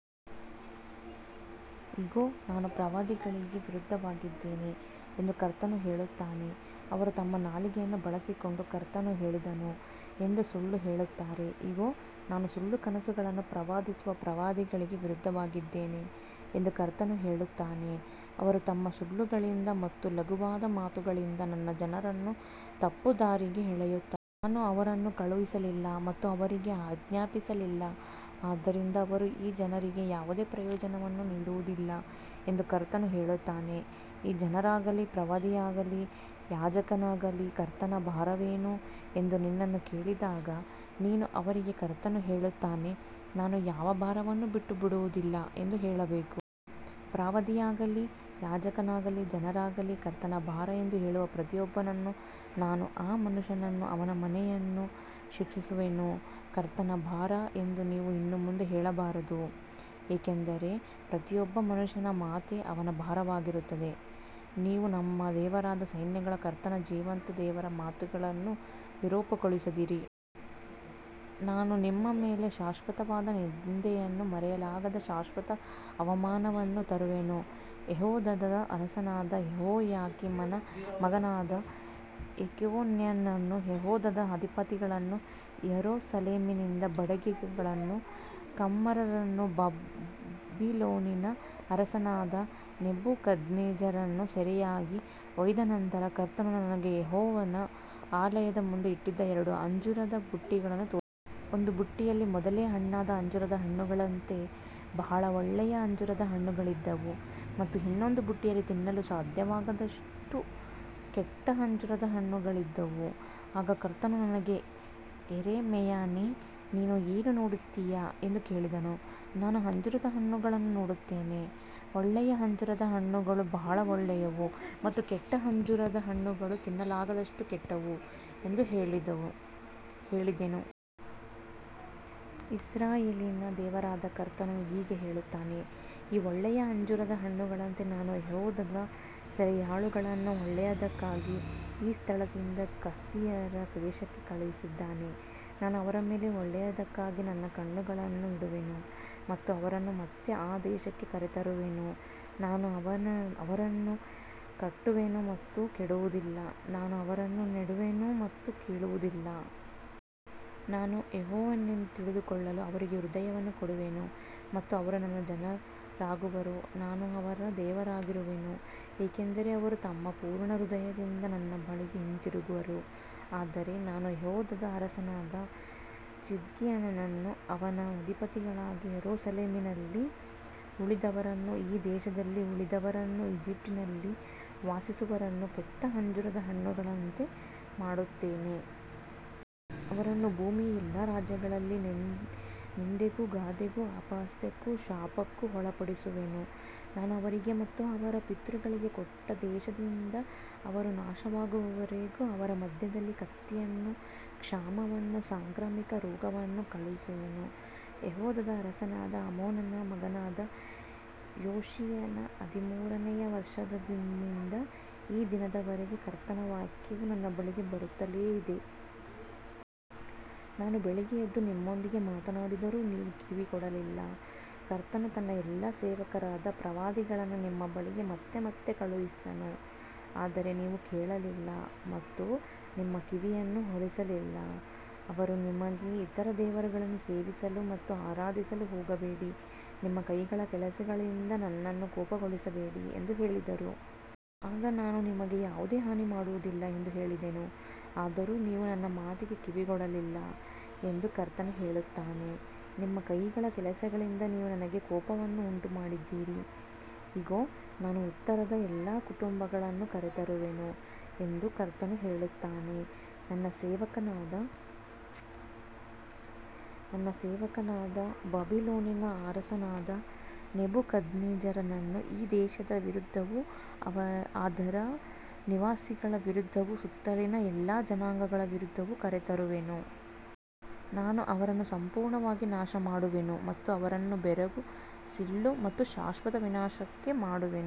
ಇಗೋ, ನಾನು ಪ್ರವಾದಿಗಳಿಗೆ ವಿರುದ್ಧವಾಗಿದ್ದೇನೆ ಎಂದು ಕರ್ತನು ಹೇಳುತ್ತಾನೆ, ಅವರು ತಮ್ಮ ನಾಲಿಗೆಯನ್ನು ಬಳಸಿಕೊಂಡು ಕರ್ತನು ಹೇಳಿದನು ಎಂದು ಸುಳ್ಳು ಹೇಳುತ್ತಾರೆ. ಇಗೋ, ನಾನು ಸುಳ್ಳು ಕನಸುಗಳನ್ನು ಪ್ರವಾದಿಸುವ ಪ್ರವಾದಿಗಳಿಗೆ ವಿರುದ್ಧವಾಗಿದ್ದೇನೆ ಎಂದು ಕರ್ತನು ಹೇಳುತ್ತಾನೆ. ಅವರು ತಮ್ಮ ಸುಳ್ಳುಗಳಿಂದ ಮತ್ತು ಲಘುವಾದ ಮಾತುಗಳಿಂದ ನನ್ನ ಜನರನ್ನು ತಪ್ಪುದಾರಿಗೆ ಎಳೆಯುತ್ತಾರೆ. ನಾನು ಅವರನ್ನು ಕಳುಹಿಸಲಿಲ್ಲ ಮತ್ತು ಅವರಿಗೆ ಆಜ್ಞಾಪಿಸಲಿಲ್ಲ, ಆದ್ದರಿಂದ ಅವರು ಈ ಜನರಿಗೆ ಯಾವುದೇ ಪ್ರಯೋಜನವನ್ನು ನೀಡುವುದಿಲ್ಲ ಎಂದು ಕರ್ತನು ಹೇಳುತ್ತಾನೆ. ಈ ಜನರಾಗಲಿ, ಪ್ರವಾದಿಯಾಗಲಿ, ಯಾಜಕನಾಗಲಿ, ಕರ್ತನ ಭಾರವೇನು ಎಂದು ನಿನ್ನನ್ನು ಕೇಳಿದಾಗ, ನೀನು ಅವರಿಗೆ ಕರ್ತನು ಹೇಳುತ್ತಾನೆ, ನಾನು ಯಾವ ಭಾರವನ್ನೂ ಬಿಟ್ಟುಬಿಡುವುದಿಲ್ಲ ಎಂದು ಹೇಳಬೇಕು. ಪ್ರವಾದಿಯಾಗಲಿ, ಯಾಜಕನಾಗಲಿ, ಜನರಾಗಲಿ, ಕರ್ತನ ಭಾರ ಎಂದು ಹೇಳುವ ಪ್ರತಿಯೊಬ್ಬನನ್ನೂ ನಾನು ಆ ಮನುಷ್ಯನನ್ನೂ ಅವನ ಮನೆಯನ್ನೂ ಶಿಕ್ಷಿಸುವೆನು. ಕರ್ತನ ಭಾರ ಎಂದು ನೀವು ಇನ್ನು ಮುಂದೆ ಹೇಳಬಾರದು, ಏಕೆಂದರೆ ಪ್ರತಿಯೊಬ್ಬ ಮನುಷ್ಯನ ಮಾತೇ ಅವನ ಭಾರವಾಗಿರುತ್ತದೆ, ನೀವು ನಮ್ಮ ದೇವರಾದ ಸೈನ್ಯಗಳ ಕರ್ತನ ಜೀವಂತ ದೇವರ ಮಾತುಗಳನ್ನು ವಿರೂಪಗೊಳಿಸಿದ್ದೀರಿ. ನಾನು ನಿಮ್ಮ ಮೇಲೆ ಶಾಶ್ವತವಾದ ನಿಂದೆಯನ್ನೂ ಮರೆಯಲಾಗದ ಶಾಶ್ವತ ಅವಮಾನವನ್ನೂ ತರುವೆನು. ಯೆಹೂದದ ಅರಸನಾದ ಯೆಹೋಯಾಕೀಮನ ಮಗನಾದ ಯೆಕೋನ್ಯನನ್ನೂ, ಯೆಹೂದದ ಅಧಿಪತಿಗಳನ್ನೂ, ಯೆರೂಸಲೇಮಿನಿಂದ ಬಡಗಿಗಳನ್ನೂ ಕಮ್ಮಾರರನ್ನೂ ಬಾಬಿಲೋನಿನ ಅರಸನಾದ ನೆಬೂಕದ್ನೆಚ್ಚರನು ಸೆರೆಯಾಗಿ ಒಯ್ದ ನಂತರ, ಕರ್ತನು ನನಗೆ ಯೆಹೋವನ ಆಲಯದ ಮುಂದೆ ಇಟ್ಟಿದ್ದ ಎರಡು ಅಂಜೂರದ ಬುಟ್ಟಿಗಳನ್ನು ತೋರಿಸಿದನು. ಒಂದು ಬುಟ್ಟಿಯಲ್ಲಿ ಮೊದಲೇ ಹಣ್ಣಾದ ಅಂಜೂರದ ಹಣ್ಣುಗಳಂತೆ ಬಹಳ ಒಳ್ಳೆಯ ಅಂಜೂರದ ಹಣ್ಣುಗಳಿದ್ದವು ಮತ್ತು ಇನ್ನೊಂದು ಬುಟ್ಟಿಯಲ್ಲಿ ತಿನ್ನಲು ಸಾಧ್ಯವಾಗದಷ್ಟು ಕೆಟ್ಟ ಅಂಜೂರದ ಹಣ್ಣುಗಳಿದ್ದವು. ಆಗ ಕರ್ತನು ನನಗೆ ಯೆರೆಮೀಯನೇ, ನೀನು ಏನು ನೋಡುತ್ತೀಯ ಎಂದು ಕೇಳಿದನು. ನಾನು ಅಂಜೂರದ ಹಣ್ಣುಗಳನ್ನು ನೋಡುತ್ತೇನೆ, ಒಳ್ಳೆಯ ಅಂಜೂರದ ಹಣ್ಣುಗಳು ಬಹಳ ಒಳ್ಳೆಯವು ಮತ್ತು ಕೆಟ್ಟ ಅಂಜೂರದ ಹಣ್ಣುಗಳು ತಿನ್ನಲಾಗದಷ್ಟು ಕೆಟ್ಟವು ಎಂದು ಹೇಳಿದೆನು. ಇಸ್ರಾಯೇಲಿನ ದೇವರಾದ ಕರ್ತನು ಹೀಗೆ ಹೇಳುತ್ತಾನೆ, ಈ ಒಳ್ಳೆಯ ಅಂಜೂರದ ಹಣ್ಣುಗಳಂತೆ ನಾನು ಯೆಹೂದದ ಸೆರೆಯಾಳುಗಳನ್ನು ಒಳ್ಳೆಯದಕ್ಕಾಗಿ ಈ ಸ್ಥಳದಿಂದ ಕಸ್ದೀಯರ ದೇಶಕ್ಕೆ ಕಳುಹಿಸಿದ್ದೇನೆ. ನಾನು ಅವರ ಮೇಲೆ ಒಳ್ಳೆಯದಕ್ಕಾಗಿ ನನ್ನ ಕಣ್ಣುಗಳನ್ನು ಇಡುವೆನು ಮತ್ತು ಅವರನ್ನು ಮತ್ತೆ ಈ ದೇಶಕ್ಕೆ ಕರೆತರುವೆನು. ನಾನು ಅವರನ್ನು ಕಟ್ಟುವೆನು ಮತ್ತು ಕೆಡವುವುದಿಲ್ಲ, ನಾನು ಅವರನ್ನು ನೆಡುವೆನು ಮತ್ತು ಕೀಳುವುದಿಲ್ಲ. ನಾನು ಯೆಹೋವನೆಂದು ತಿಳಿದುಕೊಳ್ಳಲು ಅವರಿಗೆ ಹೃದಯವನ್ನು ಕೊಡುವೆನು ಮತ್ತು ಅವರು ನನ್ನ ಜನರಾಗುವರು, ನಾನು ಅವರ ದೇವರಾಗಿರುವೆನು, ಏಕೆಂದರೆ ಅವರು ತಮ್ಮ ಪೂರ್ಣ ಹೃದಯದಿಂದ ನನ್ನ ಬಳಿಗೆ ಹಿಂತಿರುಗುವರು. ಆದರೆ ನಾನು ಯೆಹೂದದ ಅರಸನಾದ ಚಿದ್ಕೀಯನನ್ನೂ ಅವನ ಅಧಿಪತಿಗಳನ್ನೂ ಯೆರೂಸಲೇಮಿನಲ್ಲಿ ಉಳಿದವರನ್ನೂ ಈ ದೇಶದಲ್ಲಿ ಉಳಿದವರನ್ನೂ ಈಜಿಪ್ಟಿನಲ್ಲಿ ವಾಸಿಸುವವರನ್ನೂ ಕೆಟ್ಟ ಅಂಜೂರದ ಹಣ್ಣುಗಳಂತೆ ಮಾಡುತ್ತೇನೆ. ಅವರನ್ನು ಭೂಮಿಯ ಎಲ್ಲಾ ರಾಜ್ಯಗಳಲ್ಲಿ ನಿಂದೆಗೂ ಗಾದೆಗೂ ಅಪಹಾಸ್ಯಕ್ಕೂ ಶಾಪಕ್ಕೂ ಒಳಪಡಿಸುವೆನು. ನಾನು ಅವರಿಗೆ ಮತ್ತು ಅವರ ಪಿತೃಗಳಿಗೆ ಕೊಟ್ಟ ದೇಶದಿಂದ ಅವರು ನಾಶವಾಗುವವರೆಗೂ ಅವರ ಮಧ್ಯದಲ್ಲಿ ಕತ್ತಿಯನ್ನೂ ಕ್ಷಾಮವನ್ನೂ ಸಾಂಕ್ರಾಮಿಕ ರೋಗವನ್ನೂ ಕಳುಹಿಸುವೆನು. ಯೆಹೂದದ ಅರಸನಾದ ಆಮೋನನ ಮಗನಾದ ಯೋಷೀಯನ ಹದಿಮೂರನೆಯ ವರ್ಷದಂದಿನಿಂದ ಈ ದಿನದವರೆಗೆ ಕರ್ತನ ವಾಕ್ಯವು ನನ್ನ ಬಳಿಗೆ ಬರುತ್ತಲೇ ಇದೆ. ನಾನು ಬೆಳಿಗ್ಗೆ ಎದ್ದು ನಿಮ್ಮೊಂದಿಗೆ ಮಾತನಾಡಿದರೂ ನೀವು ಕಿವಿಗೊಡಲಿಲ್ಲ. ಕರ್ತನು ತನ್ನ ಎಲ್ಲಾ ಸೇವಕರಾದ ಪ್ರವಾದಿಗಳನ್ನು ನಿಮ್ಮ ಬಳಿಗೆ ಮತ್ತೆ ಮತ್ತೆ ಕಳುಹಿಸಿದನು, ಆದರೆ ನೀವು ಕೇಳಲಿಲ್ಲ ಮತ್ತು ನಿಮ್ಮ ಕಿವಿಯನ್ನು ಒಲಿಸಲಿಲ್ಲ. ಅವರು ನಿಮಗೆ ಇತರ ದೇವರುಗಳನ್ನು ಸೇವಿಸಲು ಮತ್ತು ಆರಾಧಿಸಲು ಹೋಗಬೇಡಿ, ನಿಮ್ಮ ಕೈಗಳ ಕೆಲಸಗಳಿಂದ ನನ್ನನ್ನು ಕೋಪಗೊಳಿಸಬೇಡಿ ಎಂದು ಹೇಳಿದರು. ಆಗ ನಾನು ನಿಮಗೆ ಯಾವುದೇ ಹಾನಿ ಮಾಡುವುದಿಲ್ಲ ಎಂದು ಹೇಳಿದೆನು. ಆದರೂ ನೀವು ನನ್ನ ಮಾತಿಗೆ ಕಿವಿಗೊಡಲಿಲ್ಲ ಎಂದು ಕರ್ತನು ಹೇಳುತ್ತಾನೆ, ನಿಮ್ಮ ಕೈಗಳ ಕೆಲಸಗಳಿಂದ ನೀವು ನನಗೆ ಕೋಪವನ್ನು ಉಂಟುಮಾಡಿದ್ದೀರಿ. ಇಗೋ, ನಾನು ಉತ್ತರದ ಎಲ್ಲಾ ಕುಟುಂಬಗಳನ್ನು ಕರೆತರುವೆನು ಎಂದು ಕರ್ತನು ಹೇಳುತ್ತಾನೆ. ನನ್ನ ಸೇವಕನಾದ ಬಾಬಿಲೋನಿನ ಅರಸನಾದ ನೆಬೂಕದ್ನೆಚ್ಚರನನ್ನು ಈ ದೇಶದ ವಿರುದ್ಧವೂ ಅದರ ನಿವಾಸಿಗಳ ವಿರುದ್ಧವೂ ಸುತ್ತಲಿನ ಎಲ್ಲಾ ಜನಾಂಗಗಳ ವಿರುದ್ಧವೂ ಕರೆತರುವೆನು. ನಾನು ಅವರನ್ನು ಸಂಪೂರ್ಣವಾಗಿ ನಾಶಮಾಡುವೆನು ಮತ್ತು ಅವರನ್ನು ಬೆರಗು, ಸಿಳ್ಳು ಮತ್ತು ಶಾಶ್ವತ ವಿನಾಶಕ್ಕೆ ಮಾಡುವೆನು.